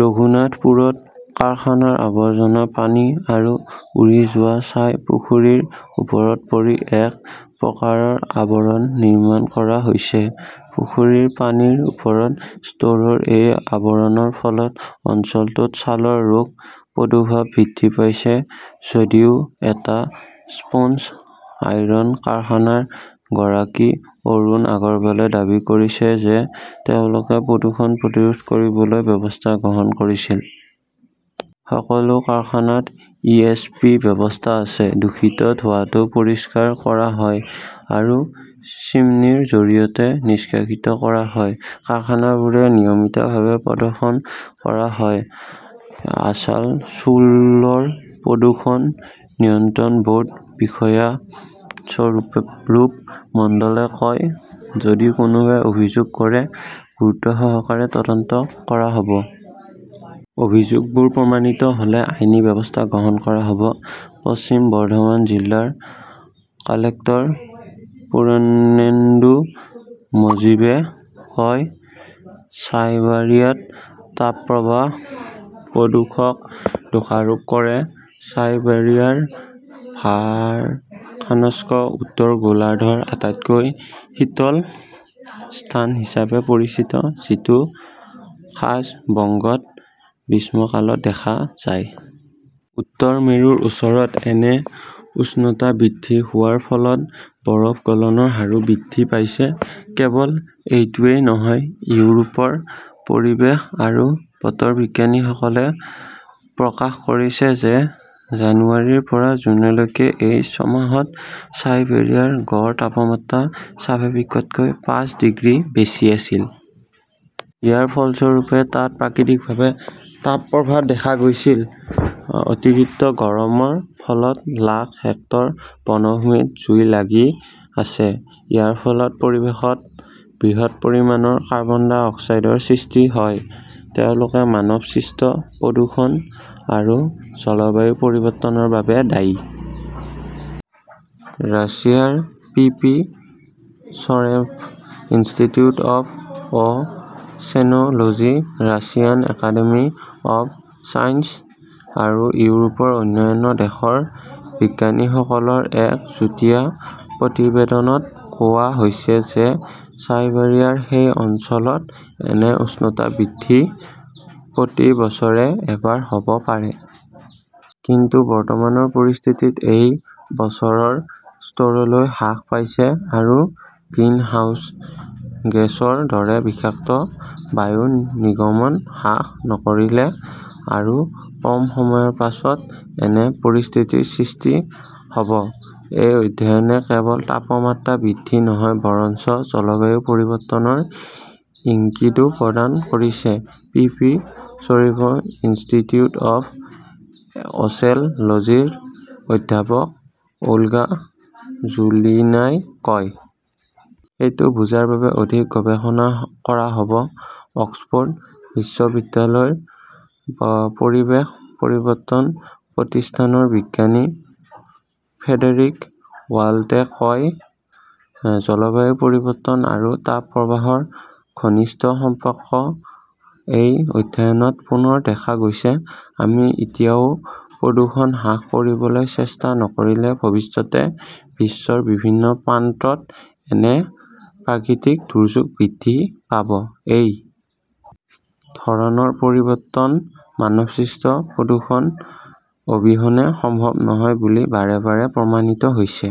ৰঘুনাথপুৰত কাৰখানাৰ আৱৰ্জনা পানী আৰু উৰি যোৱা ছাই পুখুৰীৰ ওপৰত পৰি এক প্ৰকাৰৰ আৱৰণ নিৰ্মাণ কৰা হৈছে। পুখুৰীৰ পানীৰ ওপৰৰ স্তৰৰ এই আৱৰণৰ ফলত অঞ্চলটোত ছালৰ ৰোগৰ প্ৰাদুৰ্ভাৱ বৃদ্ধি পাইছে। যদিও এটা স্পঞ্জ আইৰণ কাৰখানাৰ গৰাকী অৰুণ আগৰৱালে দাবী কৰিছিল যে তেওঁলোকে প্ৰদূষণ প্ৰতিৰোধ কৰিবলৈ ব্যৱস্থা গ্ৰহণ কৰিছিল। সকলো কাৰখানাত 'ইএছপি ব্যৱস্থা আছে। দূষিত ধোঁৱাটো পৰিষ্কাৰ কৰা হয় আৰু চিমনীৰ জৰিয়তে নিষ্কাশিত কৰা হয়। কাৰখানাবোৰ নিয়মিতভাৱে পৰিদৰ্শন কৰা হয়, আছানছোলৰ প্ৰদূষণ নিয়ন্ত্ৰণ বৰ্ডৰ বিষয়া স্বৰূপ মণ্ডলে কয়। যদি কোনোবাই অভিযোগ কৰে, গুৰুত্বসহকাৰে তদন্ত কৰা হব। অভিযোগবোৰ প্ৰমাণিত হলে আইনী ব্যৱস্থা গ্ৰহণ কৰা হব, পশ্চিম বৰ্ধমানৰ জিলা কালেক্টৰ পুৰণেন্দু মাজিৱে কয়, চাইবাৰিয়াত তাপপ্ৰবাহ, প্ৰদূষণক দোষাৰোপ কৰে চাইবেৰিয়াৰ ভাৰখানস্ক উত্তৰ গোলাৰ্ধৰ আটাইতকৈ শীতল স্থান হিচাপে পৰিচিত। যিটো খাছ বংগত গ্ৰীষ্মকালত দেখা যায়। উত্তৰ মেৰুৰ ওচৰত এনে উষ্ণতা বৃদ্ধি হোৱাৰ ফলত বৰফ গলনৰ হাৰো বৃদ্ধি পাইছে। কেৱল এইটোৱেই নহয়, ইউৰোপৰ পৰিৱেশ আৰু বতৰ বিজ্ঞানীসকলে প্ৰকাশ কৰিছে যে জানুৱাৰীৰ পৰা জুনলৈকে এই ছয় মাহত চাইবেৰিয়াৰ গড় তাপমাত্ৰা স্বাভাৱিকতকৈ পাঁচ ডিগ্ৰী বেছি আছিল। ইয়াৰ ফলস্বৰূপে তাত প্ৰাকৃতিকভাৱে তাপপ্ৰবাহ দেখা গৈছিল। অতিৰিক্ত গৰমৰ ফলত লাখ হেক্টৰ বনভূমিত জুই লাগি আছে। ইয়াৰ ফলত পৰিৱেশত বৃহৎ পৰিমাণৰ কাৰ্বন ডাই অক্সাইডৰ সৃষ্টি হয়। তেওঁলোকে মানৱসৃষ্ট প্ৰদূষণ আৰু জলবায়ু পৰিৱৰ্তনৰ বাবে দায়ী। ৰাছিয়াৰ P P Shirshov institute of 'oceanology, Russian academy of science আৰু ইউৰোপৰ অন্যান্য দেশৰ বিজ্ঞানীসকলৰ এক যুটীয়া প্ৰতিবেদনত কোৱা হৈছে যে চাইবাৰিয়াৰ সেই অঞ্চলত এনে উষ্ণতা বৃদ্ধি প্ৰতি বছৰে এবাৰ হ 'ব পাৰে। কিন্তু বৰ্তমানৰ পৰিস্থিতিত ই বছৰৰ স্তৰলৈ হ্ৰাস পাইছে আৰু গ্ৰিনহাউজ গেছৰ দৰে বিষাক্ত বায়ু নিৰ্গমন হ্ৰাস নকৰিলে আৰু কম সময়ৰ পিছত এনে পৰিস্থিতিৰ সৃষ্টি হ 'ব। এই অধ্যয়নে কেৱল তাপমাত্ৰা বৃদ্ধি নহয় বৰঞ্চ জলবায়ু পৰিৱৰ্তনৰ ইংগিতও প্ৰদান কৰিছে, পিপি চিৰছভ ইনষ্টিটিউট অৱ অচেন লজীৰ অধ্যাপক ওলগা জোলিনাই কয়। সেইটো বুজাৰ বাবে অধিক গৱেষণা কৰা হব। অক্সফ 'ৰ্ড বিশ্ববিদ্যালয়ৰ পৰিৱেশ পৰিৱৰ্তন প্ৰতিষ্ঠানৰ বিজ্ঞানী ফ্ৰেডেৰিক ওল্টোৱে কয়, জলবায়ু পৰিৱৰ্তন আৰু তাপপ্ৰবাহৰ ঘনিষ্ঠ সম্পৰ্ক এই অধ্যয়নত পুনৰ দেখা গৈছে। আমি এতিয়াও প্ৰদূষণ হ্ৰাস কৰিবলৈ চেষ্টা নকৰিলে-ভৱিষ্যতে বিশ্বৰ বিভিন্ন প্ৰান্তত এনে প্ৰাকৃতিক দুৰ্যোগ বৃদ্ধি পাব। এই ধৰণৰ পৰিৱৰ্তন মানৱসৃষ্ট প্ৰদূষণ অবিহনে সম্ভৱ নহয় বুলি বাৰে বাৰে প্ৰমাণিত হৈছে।